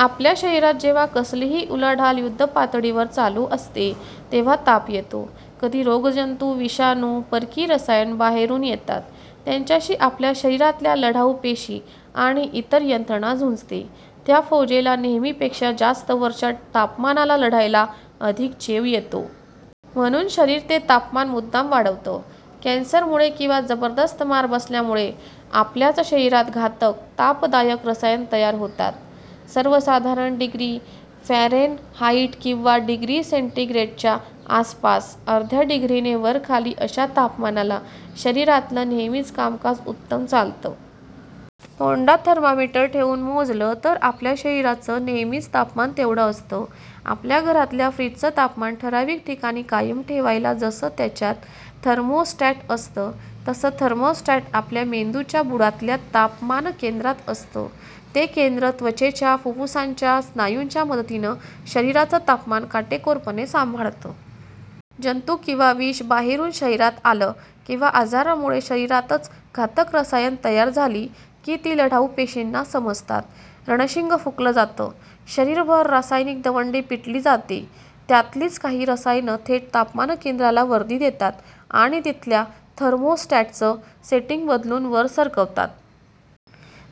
आपल्या शरीरात जेव्हा कसलीही उलाढाल युद्धपातळीवर चालू असते, तेव्हा ताप येतो. कधी रोगजंतू, विषाणू, परकी रसायनं बाहेरून येतात. त्यांच्याशी आपल्या शरीरातल्या लढाऊ पेशी आणि इतर यंत्रणा झुंजते. त्या फौजेला नेहमीपेक्षा जरा वरच्या तापमानाला लढायला अधिक चेव येतो. म्हणून शरीर ते तापमान मुद्दाम वाढवतं. कॅन्सरमुळे किंवा जबरदस्त मार बसल्यामुळे आपल्याच शरीरात घातक, 'ताप'दायक रसायनं तयार होतात. सर्वसाधारणपणे डिग्री फॅरेनहाइट किंवा डिग्री सेंटिग्रेडच्या आसपास, अर्ध्या डिग्रीने वरखाली अशा तापमानाला शरीरातलं नेहमीचं कामकाज उत्तम चालतं. तोंडात थर्मामीटर ठेवून मोजलं तर आपल्या शरीराचं नेहमीचं तापमान तेवढं असतं. आपल्या घरातल्या फ्रिजचं तापमान ठरावीक ठिकाणी कायम ठेवायला जसं त्याच्यात थर्मोस्टॅट असतं, तसंच थर्मोस्टॅट आपल्या मेंदूच्या बुडातल्या तापमानकेंद्रात असतं. ते केंद्र त्वचेच्या, फुप्फुसांच्या, स्नायूंच्या मदतीनं शरीराचं तापमान काटेकोरपणे सांभाळतं. जंतू किंवा विष बाहेरून शरीरात आलं, किंवा आजारामुळे शरीरातच घातक रसायनं तयार झाली की, ती लढाऊ पेशींना समजतात. रणशिंग फुंकलं जातं. शरीरभर रासायनिक दवंडी पिटली जाते. त्यातलीच काही रसायनं थेट तापमानकेंद्राला वर्दी देतात आणि तिथल्या थर्मोस्टॅटचं सेटिंग बदलून वर सरकवतात.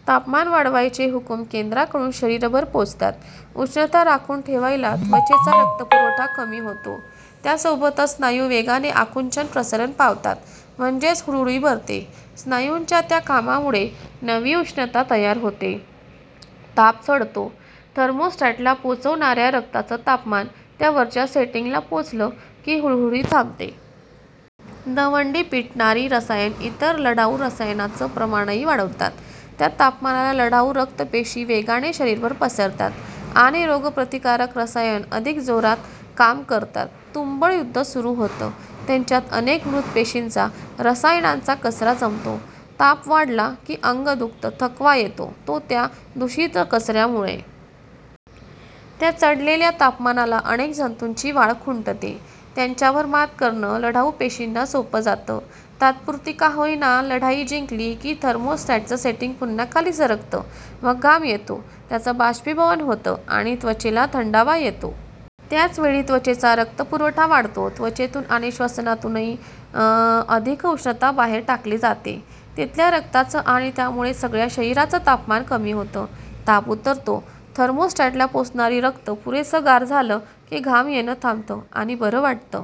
तापमान वाढवायचे हुकूम केंद्राकडून शरीरभर पोचतात. उष्णता राखून ठेवायला त्वचेचा रक्तपुरवठा कमी होतो. त्यासोबतच स्नायू वेगाने आकुंचन-प्रसरण पावतात. म्हणजेच हुडहुडी भरते. स्नायूंच्या त्या कामामुळे नवी उष्णता तयार होते. ताप चढतो. थर्मोस्टॅटला पोचणाऱ्या रक्ताचं तापमान त्या वरच्या सेटिंगला पोचलं की हुडहुडी थांबते. दवंडी पिटणारी रसायनं इतर लढाऊ रसायनांचं प्रमाणही वाढवतात. त्या तापमानाला लढाऊ रक्तपेशी वेगाने शरीरभर पसरतात आणि रोगप्रतिकारक रसायनं अधिक जोरात काम करतात. तुंबळ युद्ध सुरू होतं, त्याच्यात अनेक मृत पेशींचा, रसायनांचा कचरा जमतो. ताप वाढला की, अंग दुखतं, थकवा येतो तो त्या दूषित कचऱ्यामुळे. त्या चढलेल्या तापमानाला अनेक जंतूंची वाढ खुंटते, त्यांच्यावर मात करणं लढाऊ पेशींना सोपं जातं. तात्पुरती का होईना, लढाई जिंकली की थर्मोस्टॅटचं सेटिंग पुन्हा खाली सरकतं. मग घाम येतो, त्याचं बाष्पीभवन होतं आणि त्वचेला थंडावा येतो. त्याच वेळी त्वचेचा रक्तपुरवठा वाढतो, त्वचेतून आणि श्वासातूनही अधिक उष्णता बाहेर टाकली जाते. तिथल्या रक्ताचं आणि त्यामुळे सगळ्या शरीराचं तापमान कमी होतं. ताप उतरतो. थर्मोस्टॅटला पोचणारं रक्त पुरेसं गार झालं की घाम येणं थांबतं आणि बरं वाटतं.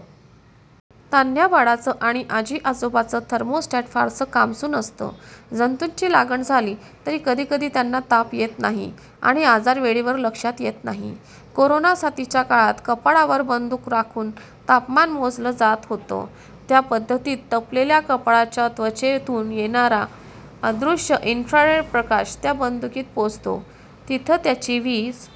तान्ह्या बाळांचं आणि आजीआजोबांचं थर्मोस्टॅट फारसं कामसू नसतं. जंतूंची लागण झाली तरी कधीकधी त्यांना ताप येत नाही आणि आजार वेळेवर लक्षात येत नाही. करोनासाथीच्या काळात कपाळावर बंदूक रोखून तापमान मोजलं जात होतं. त्या पद्धतीत तापलेल्या कपाळाच्या त्वचेतून येणारा, अदृश्य इन्फ्रारेड प्रकाश त्या बंदुकीत पोचतो. तिथे त्याची वीज